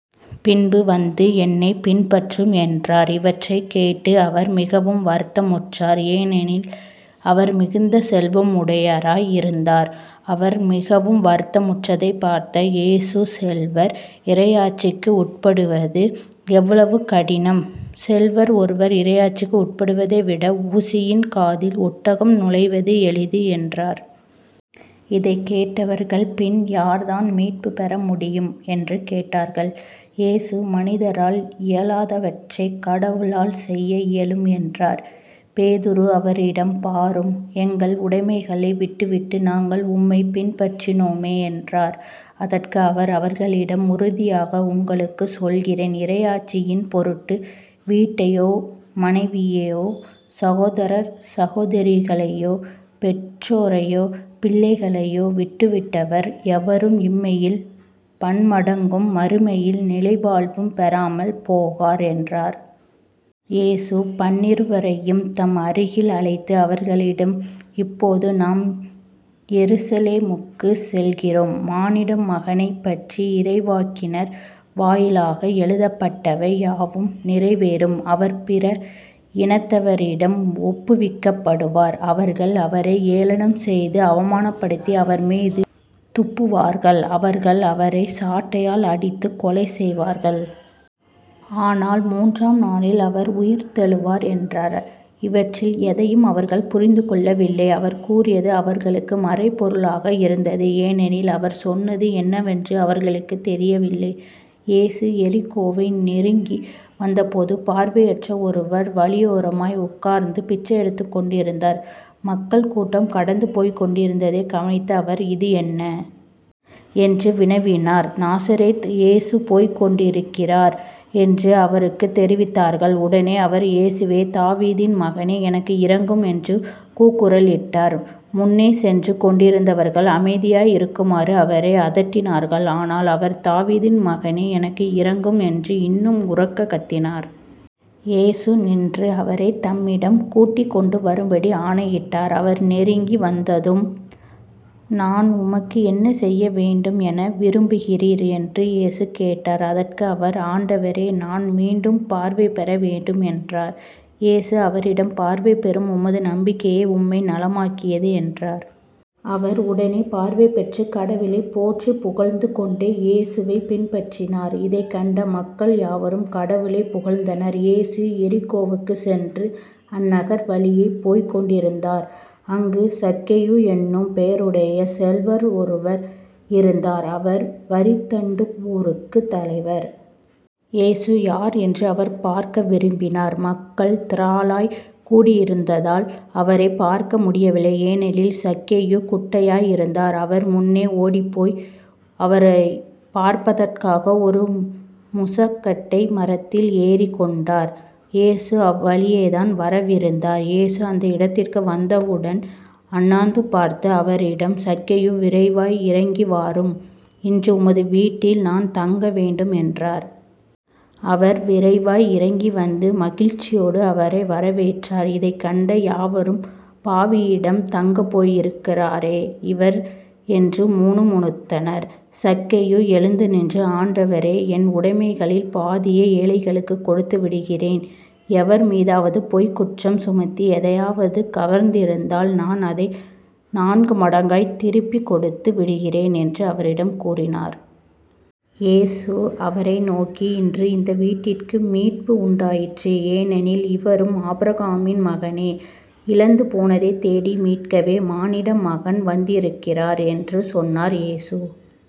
பின்பு வந்து என்னைப் பின்பற்றும் என்றார். இவற்றைக் கேட்டு அவர் மிகவும் வருத்தமுற்றார். ஏனெனில் அவர் மிகுந்த செல்வம் உடையராய் இருந்தார். அவர் மிகவும் வருத்தமுற்றதைப் பார்த்த இயேசு செல்வர் இறையாட்சிக்கு உட்படுவது எவ்வளவு கடினம். செல்வர் ஒருவர் இறையாட்சிக்கு உட்படுவதைவிட ஊசியின் காதில் ஒட்டகம் நுழைவது எளிது என்றார். இதைக் கேட்டவர்கள் பின் யார்தான் மீட்புப் பெற முடியும்? என்று கேட்டார்கள். இயேசு மனிதரால் இயலாதவற்றைக் கடவுளால் செய்ய இயலும் என்றார். பேதுரு அவரிடம் பாரும் எங்கள் உடைமைகளை விட்டுவிட்டு நாங்கள் உம்மைப் பின்பற்றினோமே என்றார். அதற்கு அவர் அவர்களிடம் உறுதியாக உங்களுக்குச் சொல்கிறேன் இறையாட்சியின் பொருட்டு வீட்டையோ மனைவியையோ சகோதரர் சகோதரிகளையோ பெற்றோரையோ பிள்ளைகளையோ விட்டுவிட்டவர் எவரும் இம்மையில் பன்மடங்கும் மறுமையில் நிலைவாழ்வும் பெறாமல் போகார் என்றார். இயேசு பன்னிருவரையும் தம் அருகில் அழைத்து அவர்களிடம் இப்போது நாம் எருசலேமுக்குச் செல்கிறோம் மானிடமகனைப் பற்றி இறைவாக்கினர் வாயிலாக எழுதப்பட்டவை யாவும் நிறைவேறும். அவர் பிற இனத்தவரிடம் ஒப்புவிக்கப்படுவார். அவர்கள் அவரை ஏளனம் செய்து அவமானப்படுத்தி அவர்மீது துப்புவார்கள். அவர்கள் அவரைச் சாட்டையால் அடித்துக்கொலை செய்வார்கள். ஆனால் மூன்றாம் நாளில் அவர் உயிர்த்தெழுவார் என்றார். இவற்றில் எதையும் அவர்கள் புரிந்து கொள்ளவில்லை. அவர் கூறியது அவர்களுக்கு மறைபொருளாக இருந்தது. ஏனெனில் அவர் சொன்னது என்னவென்று அவர்களுக்குத் தெரியவில்லை. இயேசு எரிகோவை நெருங்கி வந்தபோது பார்வையற்ற ஒருவர் வழியோரமாய் உட்கார்ந்து பிச்சையெடுத்துக் கொண்டிருந்தார். மக்கள் கூட்டம் கடந்து போய்க்கொண்டிருந்ததைக் கவனித்த அவர் இது என்ன? என்று வினவினார். நாசரேத்து இயேசு போய்க் கொண்டிருக்கிறார் என்று அவருக்குத் தெரிவித்தார்கள். உடனே அவர் இயேசுவே தாவீதின் மகனே எனக்கு இரங்கும் என்று கூக்குரலிட்டார். முன்னே சென்று கொண்டிருந்தவர்கள் அமைதியாய் இருக்குமாறு அவரை அதட்டினார்கள். ஆனால் அவர் தாவீதின் மகனே எனக்கு இரங்கும் என்று இன்னும் உரக்கக் கத்தினார். இயேசு நின்று அவரைத் தம்மிடம் கூட்டிக் கொண்டு வரும்படி ஆணையிட்டார். அவர் நெருங்கி வந்ததும் நான் உமக்கு என்ன செய்ய வேண்டும் என விரும்புகிறீர் என்று இயேசு கேட்டார். அதற்கு அவர் ஆண்டவரே நான் மீண்டும் பார்வை பெற வேண்டும் என்றார். இயேசு அவரிடம் பார்வை பெறும் உமது நம்பிக்கை உம்மை நலமாக்கியது என்றார். அவர் உடனே பார்வை பெற்று கடவுளைப் போற்றிப் புகழ்ந்து கொண்டே இயேசுவைப் பின்பற்றினார். இதைக் கண்ட மக்கள் யாவரும் கடவுளைப் புகழ்ந்தனர். இயேசு எரிகோவுக்குச் சென்று அந்நகர் வழியே போய்க் கொண்டிருந்தார். அங்கு சக்கேயு என்னும் பெயருடைய செல்வர் ஒருவர் இருந்தார். அவர் வரிதண்டுவோருக்குத் தலைவர். இயேசு யார் என்று அவர் பார்க்க விரும்பினார் மக்கள் திரளாய்க் கூடியிருந்தால் அவரைப் பார்க்க முடியவில்லை. ஏனெனில் சக்கேயு குட்டையாய் இருந்தார். அவர் முன்னே ஓடிப்போய் அவரைப் பார்ப்பதற்காக ஒரு முசக்கட்டை மரத்தில் ஏறிக் கொண்டார். இயேசு அவ்வழியேதான் வரவிருந்தார். இயேசு அந்த இடத்திற்கு வந்தவுடன் அண்ணாந்து பார்த்து அவரிடம் சக்கேயு விரைவாய் இறங்கிவாரும் இன்று உமது வீட்டில் நான் தங்க வேண்டும் என்றார். அவர் விரைவாய் இறங்கி வந்து மகிழ்ச்சியோடு அவரை வரவேற்றார். இதைக் கண்ட யாவரும் பாவியிடம் தங்கப்போயிருக்கிறாரே இவர் என்று முணுமுணுத்தனர். சக்கேயு எழுந்து நின்று ஆண்டவரே என் உடைமைகளில் பாதியை ஏழைகளுக்குக் கொடுத்துவிடுகிறேன் எவர் மீதாவது பொய்க் குற்றம் சுமத்தி எதையாவது கவர்ந்திருந்தால் நான் அதை நான்கு மடங்காகத் திருப்பிக் கொடுத்து விடுகிறேன் என்று அவரிடம் கூறினார். இயேசு அவரை நோக்கி இன்று இந்த வீட்டிற்கு மீட்பு உண்டாயிற்று ஏனெனில் இவரும் ஆபிரகாமின் மகனே. இழந்து போனதைத் தேடி மீட்கவே மானிடமகன் வந்திருக்கிறார் என்று சொன்னார். இயேசு